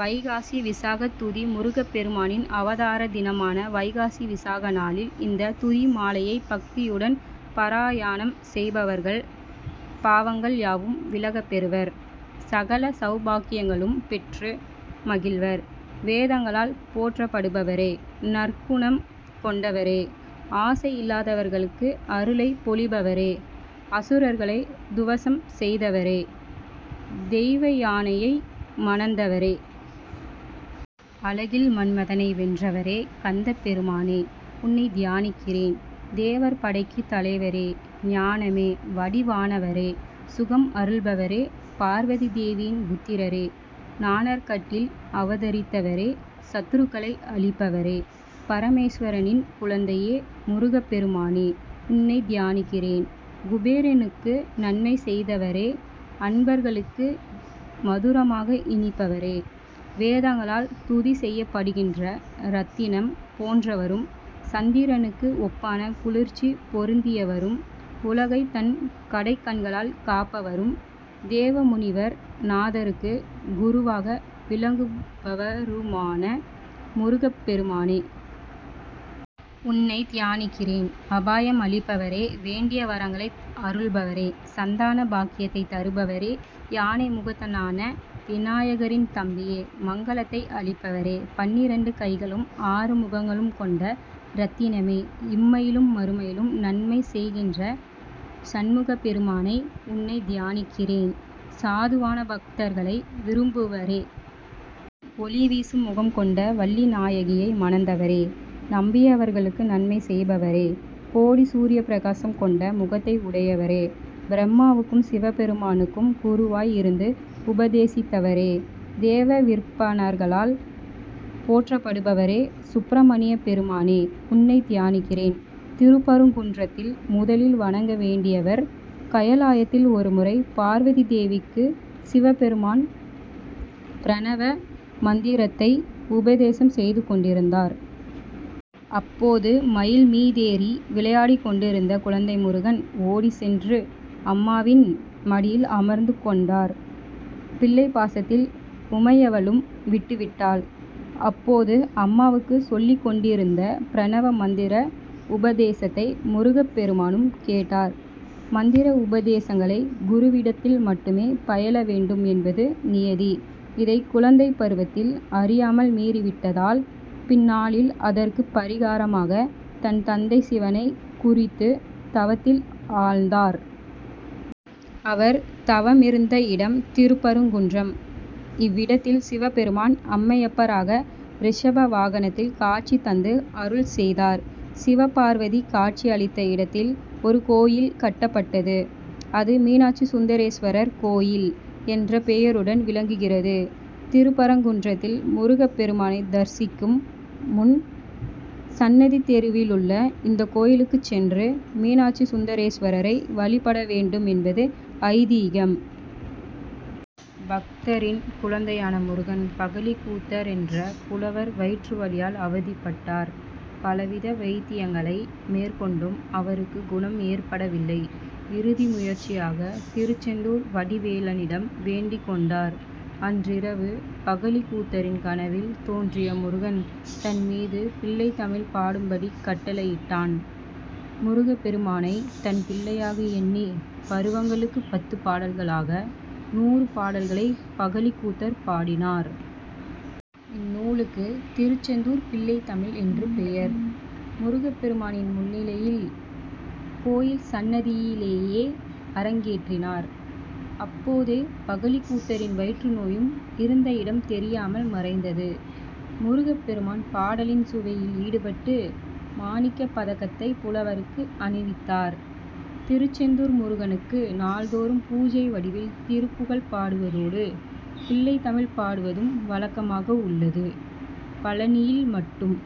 வைகாசி விசாகத் துதி முருகப்பெருமானின் அவதார தினமான வைகாசி விசாக நாளில் இந்த துதிமாலையைப் பக்தியுடன் பராயாணம் செய்பவர்கள் பாவங்கள் யாவும் விலகப்பெறுவர். சகல சவுபாக்கியங்களும் பெற்று மகிழ்வர். வேதங்களால் போற்றப்படுபவரே! நற்குணம் கொண்டவரே! ஆசையில்லாதவர்களுக்கு அருளைப் பொழிபவரே! அசுரர்களை துவம்சம் செய்தவரே! தெய்வயானையை மணந்தவரே! அழகில் மன்மதனை வென்றவரே! கந்தப்பெருமானே! உன்னைத் தியானிக்கிறேன். தேவர் படைக்குத் தலைவரே! ஞானமே வடிவானவரே! சுகம் அருள்பவரே! பார்வதிதேவியின் புத்திரரே! நாணற்காட்டில் அவதரித்தவரே! சத்ருக்களை அழிப்பவரே! பரமேஸ்வரனின் குழந்தையே! முருகப்பெருமானே! உன்னைத் தியானிக்கிறேன். குபேரனுக்கு நன்மை செய்தவரே! அன்பர்களுக்கு மதுரமாக இனிப்பவரே! வேதங்களால் துதி செய்யப்படுகின்ற ரத்தினம் போன்றவரும், சந்திரனுக்கு ஒப்பான குளிர்ச்சி பொருந்தியவரும், உலகை தன் கடைக்கண்களால் காப்பவரும், தேவமுனிவர் நாதருக்கு குருவாக விளங்குபவருமான ஆறுமுகப்பெருமானே! உன்னைத் தியானிக்கிறேன். அபாயம் அளிப்பவரே! வேண்டிய வரங்களை அருள்பவரே! சந்தான பாக்கியத்தை தருபவரே! யானை முகத்தனான விநாயகரின் தம்பியே! மங்களத்தை அளிப்பவரே! பன்னிரண்டு கைகளும், ஆறு முகங்களும் கொண்ட ரத்தினமே! இம்மையிலும் மறுமையிலும் நன்மை செய்கின்ற சண்முகப்பெருமானை! உன்னைத் தியானிக்கிறேன். சாதுவான பக்தர்களை விரும்புவரே! ஒளிவீசும் முகம் கொண்ட வள்ளிநாயகியை மணந்தவரே! நம்பியவர்களுக்கு நன்மை செய்பவரே! கோடி சூரியப்பிரகாசம் கொண்ட முகத்தை உடையவரே! பிரம்மாவுக்கும், சிவபெருமானுக்கும் குருவாய் இருந்து உபதேசித்தவரே! வேதவிற்பனர்களால் போற்றப்படுபவரே! சுப்பிரமணியப் பெருமானே! உன்னைத் தியானிக்கிறேன். திருப்பரங்குன்றத்தில் முதலில் வணங்க வேண்டியவர் கைலாயத்தில் ஒருமுறை பார்வதிதேவிக்கு சிவபெருமான் பிரணவ மந்திரத்தை உபதேசம் செய்து கொண்டிருந்தார். அப்போது மயில் மீதேறி விளையாடிக்கொண்டிருந்த குழந்தை முருகன், ஓடிச் சென்று அம்மாவின் மடியில் அமர்ந்து கொண்டார். பிள்ளைப்பாசத்தில் உமையவளும் விட்டுவிட்டாள். அப்போது அம்மாவுக்கு சொல்லிக்கொண்டிருந்த பிரணவ மந்திர உபதேசத்தை முருகப்பெருமானும் கேட்டார். மந்திர உபதேசங்களை குருவிடத்தில் மட்டுமே பயிலவேண்டும் என்பது நியதி. இதை குழந்தைப் பருவத்தில் அறியாமல் மீறிவிட்டதால், பின்னாளில் அதற்குப் பரிகாரமாக, தன் தந்தை சிவனைக் குறித்து தவத்தில் ஆழ்ந்தார். அவர் தவமிருந்த இடம் திருப்பரங்குன்றம். இவ்விடத்தில், சிவபெருமான் அம்மையப்பராக ரிஷப வாகனத்தில் காட்சி தந்து அருள்செய்தார். சிவபார்வதி காட்சியளித்த இடத்தில் ஒரு கோயில் கட்டப்பட்டது. அது மீனாட்சி சுந்தரேஸ்வரர் கோயில் என்ற பெயருடன் விளங்குகிறது. திருப்பரங்குன்றத்தில் முருகப்பெருமானைத் தரிசிக்கும் முன், சன்னதி தெருவிலுள்ள இந்தக்கோயிலுக்குச் சென்று மீனாட்சி சுந்தரேஸ்வரரை வழிபடவேண்டும் என்பது ஐதீகம். பக்தரின் குழந்தையான முருகன் பகழிக்கூத்தர் என்ற புலவர் வயிற்றுவலியால் அவதிப்பட்டார். பலவித வைத்தியங்களை மேற்கொண்டும் அவருக்கு குணம் ஏற்படவில்லை. இறுதி முயற்சியாக திருச்செந்தூர் வடிவேலனிடம் வேண்டிக் கொண்டார். அன்றிரவு பகழிக்கூத்தரின் கனவில் தோன்றிய முருகன், தன் மீது பிள்ளைத்தமிழ் பாடும்படிக் கட்டளையிட்டான். முருகப்பெருமானை, தன் பிள்ளையாக எண்ணி பருவங்களுக்குப் பத்துபாடல்களாக நூறு பாடல்களைப் பகழிக்கூத்தர் பாடினார். இந்நூலுக்கு திருச்செந்தூர் பிள்ளைத்தமிழ்' என்று பெயர். முருகப்பெருமானின் முன்னிலையில் கோயில் சன்னதியிலேயே அரங்கேற்றினார். அப்போதே பகழிக்கூத்தரின் வயிற்றுநோயும் இருந்த இடம் தெரியாமல் மறைந்தது. முருகப்பெருமான் பாடலின் சுவையில் ஈடுபட்டு மாணிக்கப்பதக்கத்தை புலவருக்கு அணிவித்தார். திருச்செந்தூர் முருகனுக்கு நாள்தோறும் பூஜை முடிவில் திருப்புகழ் பாடுவதோடு, பிள்ளைத்தமிழ் பாடுவதும் வழக்கமாக உள்ளது. பழநியில் மட்டும்